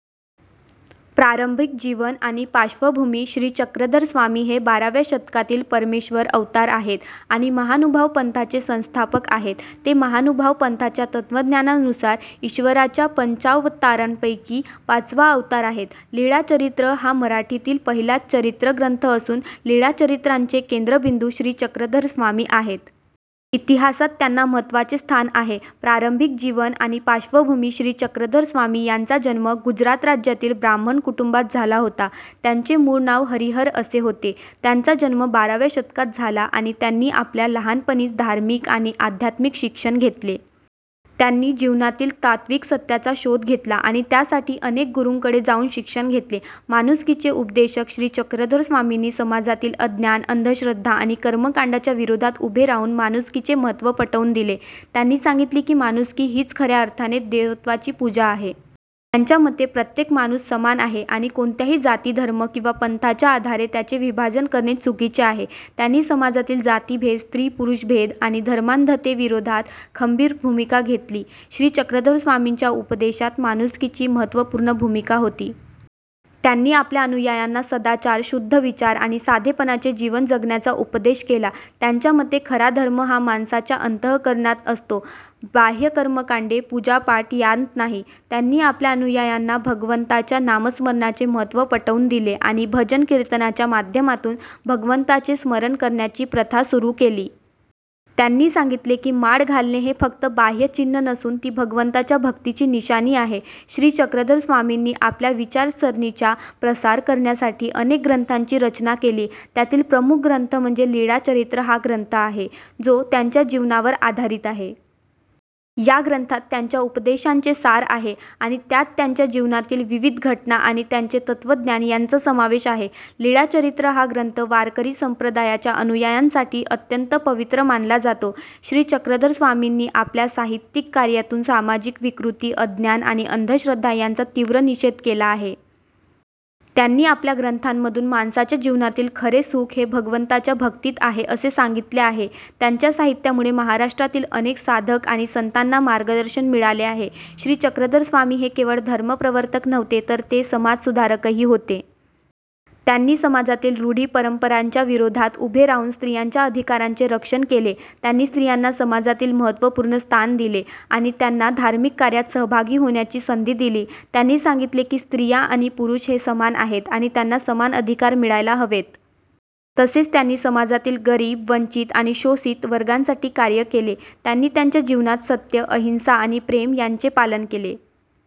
प्रारंभिक जीवन आणि पार्श्वभूमी श्री चक्रधर स्वामी हे बाराव्या शतकातील परमेश्वर अवतार आहेत आणि महानुभाव पंथाचे संस्थापक आहेत. ते महानुभाव पंथाच्या तत्त्वज्ञानानुसार ईश्वराच्या पंचावतारांपैकी पाचवा अवतार आहेत. लीळाचरित्र हा मराठीतील पहिला चरित्रग्रंथ असून, लीळाचरित्राचे केंद्रबिंदू श्री चक्रधर स्वामी आहेत. इतिहासात त्यांना महत्त्वाचे स्थान आहे. प्रारंभिक जीवन आणि पार्श्वभूमी श्री चक्रधर स्वामी यांचा जन्म गुजरात राज्यातील ब्राह्मण कुटुंबात झाला होता. त्यांचे मूळ नाव हरिहर असे होते. त्यांचा जन्म बाराव्या शतकात झाला आणि त्यांनी आपल्या लहानपणीच धार्मिक आणि आध्यात्मिक शिक्षण घेतले. त्यांनी जीवनातील तात्त्विक सत्याचा शोध घेतला आणि त्यासाठी अनेक गुरूंकडे जाऊन शिक्षण घेतले. माणुसकीचे उपदेशक श्री चक्रधर स्वामींनी समाजातील अज्ञान, अंधश्रद्धा आणि कर्मकांडांच्या विरोधात उभे राहून माणुसकीचे महत्त्व पटवून दिले. त्यांनी सांगितले की, माणुसकी हीच खऱ्या अर्थाने देवत्वाची पूजा आहे. त्यांच्या मते, प्रत्येक माणूस समान आहे आणि कोणत्याही जाती, धर्म किंवा पंथाच्या आधारे त्याचे विभाजन करणे चुकीचे आहे. त्यांनी समाजातील जातीभेद, स्त्री-पुरुष भेद आणि धर्मांधतेविरोधात खंबीर भूमिका घेतली. श्री चक्रधर स्वामींच्या उपदेशात माणुसकीची महत्त्वपूर्ण भूमिका होती. त्यांनी आपल्या अनुयायांना सदाचार, शुद्ध विचार आणि साधेपणाचे जीवन जगण्याचा उपदेश केला. त्यांच्या मते, खरा धर्म हा माणसाच्या अंतःकरणात असतो, बाह्य कर्मकांडे, पूजा-पाठ यांत नाही. त्यांनी आपल्या अनुयायांना भगवंताच्या नामस्मरणाचे महत्त्व पटवून दिले आणि भजन-कीर्तनाच्या माध्यमातून भगवंताचे स्मरण करण्याची प्रथा सुरू केली. त्यांनी सांगितले की, माळ घालणे हे फक्त बाह्य चिन्ह नसून, ती भगवंताच्या भक्तीची निशाणी आहे. श्री चक्रधर स्वामींनी आपल्या विचारसरणीचा प्रसार करण्यासाठी अनेक ग्रंथांची रचना केली. त्यातील प्रमुख ग्रंथ म्हणजे लीळाचरित्र हा ग्रंथ आहे, जो त्यांच्या जीवनावर आधारित आहे. या ग्रंथात त्यांच्या उपदेशांचे सार आहे आणि त्यात त्यांच्या जीवनातील विविध घटना आणि त्यांचे तत्त्वज्ञान यांचा समावेश आहे. लीळाचरित्र हा ग्रंथ वारकरी संप्रदायाच्या अनुयायांसाठी अत्यंत पवित्र मानला जातो. श्री चक्रधर स्वामींनी आपल्या साहित्यिक कार्यातून समाजातील विकृती, अज्ञान आणि अंधश्रद्धा यांचा तीव्र निषेध केला आहे. त्यांनी आपल्या ग्रंथांमधून माणसाच्या जीवनातील खरे सुख हे भगवंताच्या भक्तीत आहे, असे सांगितले आहे. त्यांच्या साहित्यामुळे महाराष्ट्रातील अनेक साधक आणि संतांना मार्गदर्शन मिळाले आहे. श्री चक्रधर स्वामी हे केवळ धर्मप्रवर्तक नव्हते, तर ते समाजसुधारकही होते. त्यांनी समाजातील रूढी-परंपरांच्या विरोधात उभे राहून स्त्रियांच्या अधिकारांचे रक्षण केले. त्यांनी स्त्रियांना समाजातील महत्त्वपूर्ण स्थान दिले आणि त्यांना धार्मिक कार्यात सहभागी होण्याची संधी दिली. त्यांनी सांगितले की, स्त्रिया आणि पुरुष हे समान आहेत आणि त्यांना समान अधिकार मिळायला हवेत. तसेच, त्यांनी समाजातील गरीब, वंचित आणि शोषित वर्गासाठी कार्य केले. त्यांनी त्यांच्या जीवनात सत्य, अहिंसा आणि प्रेम यांचे पालन केले.